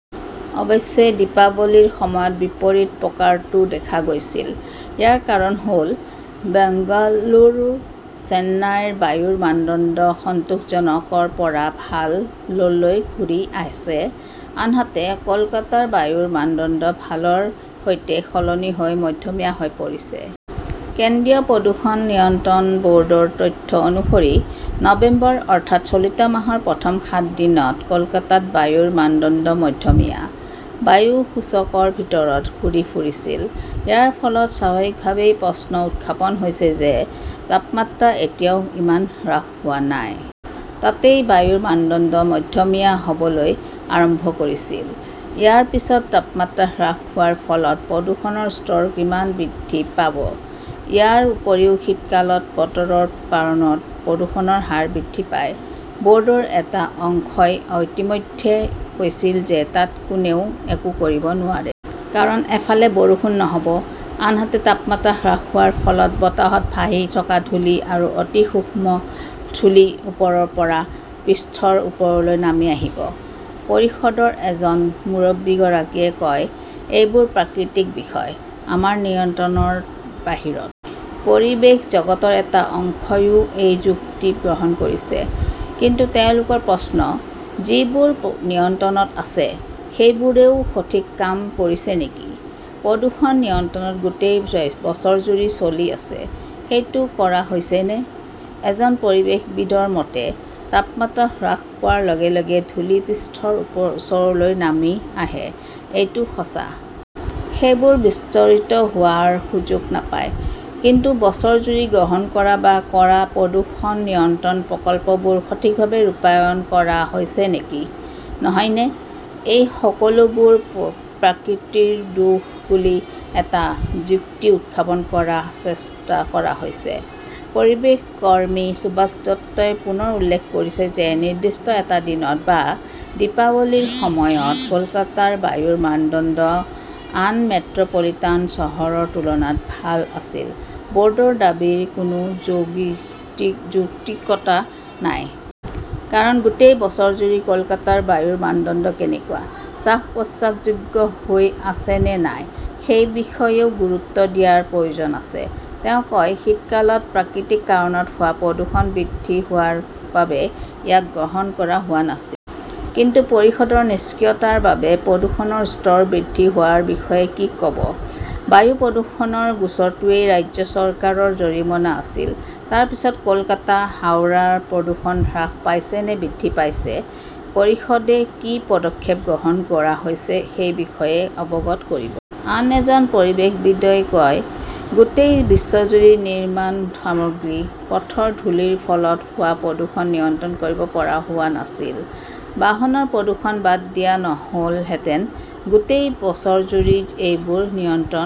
অৱশ্যে, দীপাৱলীৰ সময়ত বিপৰীত প্ৰকাৰটো দেখা গৈছিল! ইয়াৰ কাৰণ হ "ল, বেংগালুৰু, চেন্নাইৰ বায়ুৰ মানদণ্ড 'সন্তোষজনক" ৰ পৰা' ভাল "লৈ ঘূৰি আছে, আনহাতে কলকাতাৰ বায়ুৰ মানদণ্ড 'ভাল" ৰ সৈতে সলনি হৈ' মধ্যমীয়া "হৈ পৰিছে। কেন্দ্ৰীয় প্ৰদূষণ নিয়ন্ত্ৰণ ব "ৰ্ডৰ তথ্য অনুসৰি, নৱেম্বৰ, অৰ্থাৎ চলিত মাহৰ প্ৰথম সাত দিনত কলকাতাত বায়ুৰ মানদণ্ড 'মধ্যমীয়া"। বায়ু সূচক ৰ ভিতৰত ঘূৰি ফুৰিছিল। ইয়াৰ ফলত স্বাভাৱিকভাৱেই প্ৰশ্ন উত্থাপন হৈছে যে তাপমাত্ৰা এতিয়াও ইমান হ্ৰাস হোৱা নাই। তাতেই বায়ুৰ মানদণ্ড 'মধ্যমীয়া "হ" বলৈ আৰম্ভ কৰিছিল। ইয়াৰ পিছত তাপমাত্ৰা হ্ৰাস হোৱাৰ ফলত প্ৰদূষণৰ স্তৰ কিমান বৃদ্ধি পাব? ইয়াৰ উপৰিও শীতকালত বতৰৰ কাৰণত প্ৰদূষণৰ হাৰ বৃদ্ধি পায়। ব "ৰ্ডৰ এটা অংশই ইতিমধ্যে কৈছিল যে তাত কোনেও একো কৰিব নোৱাৰে। কাৰণ, এফালে বৰষুণ নহ 'ব। আনহাতে, তাপমাত্ৰা হ্ৰাস হোৱাৰ ফলত বতাহত ভাহি থকা ধূলি আৰু অতি সূক্ষ্ম ধূলি ওপৰৰ পৰা পৃষ্ঠৰ ওচৰলৈ নামি আহিব। পৰিষদৰ এজন মুৰব্বীগৰাকীয়ে কয়, "এইবোৰ প্ৰাকৃতিক বিষয়। আমাৰ নিয়ন্ত্ৰণৰ বাহিৰত। "পৰিৱেশ জগতৰ এটা অংশইও এই যুক্তি গ্ৰহণ কৰিছে। কিন্তু তেওঁলোকৰ প্ৰশ্ন, যিবোৰ নিয়ন্ত্ৰণত আছে, সেইবোৰেও সঠিক কাম কৰিছে নেকি? প্ৰদূষণ নিয়ন্ত্ৰণ গোটেই বছৰজুৰি চলি আছে, সেইটো কৰা হৈছেনে? এজন পৰিৱেশবিদৰ মতে, "তাপমাত্ৰা হ্ৰাস পোৱাৰ লগে লগে ধূলি পৃষ্ঠৰ ওচৰলৈ নামি আহে, এইটো সঁচা। সেইবোৰ বিস্তাৰিত হোৱাৰ সুযোগ নাপায়। কিন্তু বছৰজুৰি গ্ৰহণ কৰা বা কৰা প্ৰদূষণ নিয়ন্ত্ৰণ প্ৰকল্পবোৰ সঠিকভাৱে ৰূপায়ণ কৰা হৈছে নেকি? নহয়নে, এই সকলোবোৰ প্ৰকৃতিৰ দোষ বুলি এটা যুক্তি উত্থাপন কৰাৰ চেষ্টা কৰা হৈছে? "পৰিৱেশ কৰ্মী সুভাষ দত্তই পুনৰ উল্লেখ কৰিছে যে নিৰ্দিষ্ট এটা দিনত বা দীপাৱলীৰ সময়ত কলকাতাৰ বায়ুৰ মানদণ্ড আন মেট্ৰ 'পলিটান চহৰৰ তুলনাত ভাল আছিল, ব" ৰ্ডৰ দাবীৰ কোনো যৌক্তিকতা নাই। কাৰণ, গোটেই বছৰজুৰি কলকাতাৰ বায়ুৰ মানদণ্ড কেনেকুৱা, শ্বাস-প্ৰশ্বাসযোগ্য হৈ আছে নে নাই সেই বিষয়েও গুৰুত্ব দিয়াৰ প্ৰয়োজন আছে। তেওঁ কয়, "শীতকালত প্ৰাকৃতিক কাৰণত হোৱা প্ৰদূষণ বৃদ্ধি হোৱাৰ বাবে ইয়াক গ্ৰহণ কৰা হোৱা নাছিল। কিন্তু পৰিষদৰ নিষ্ক্ৰিয়তাৰ বাবে প্ৰদূষণৰ স্তৰ বৃদ্ধি হোৱাৰ বিষয়ে কি ক "ব? বায়ু প্ৰদূষণৰ গোচৰটোৱেই ৰাজ্য চৰকাৰৰ জৰিমনা আছিল। তাৰ পিছত কলকাতা, হাওড়াৰ প্ৰদূষণ হ্ৰাস পাইছে নে বৃদ্ধি পাইছে? পৰিষদে কি পদক্ষেপ গ্ৰহণ কৰা হৈছে সেই বিষয়ে অৱগত কৰিব। "আন এজন পৰিৱেশবিদই কয়", গোটেই বছৰজুৰি নিৰ্মাণ সামগ্ৰী, পথৰ ধূলিৰ ফলত হোৱা প্ৰদূষণ নিয়ন্ত্ৰণ কৰিব পৰা হোৱা নাছিল। বাহনৰ প্ৰদূষণ বাদ দিয়া নহ "লহেঁতেন! গোটেই বছৰজুৰি এইবোৰ নিয়ন্ত্ৰণ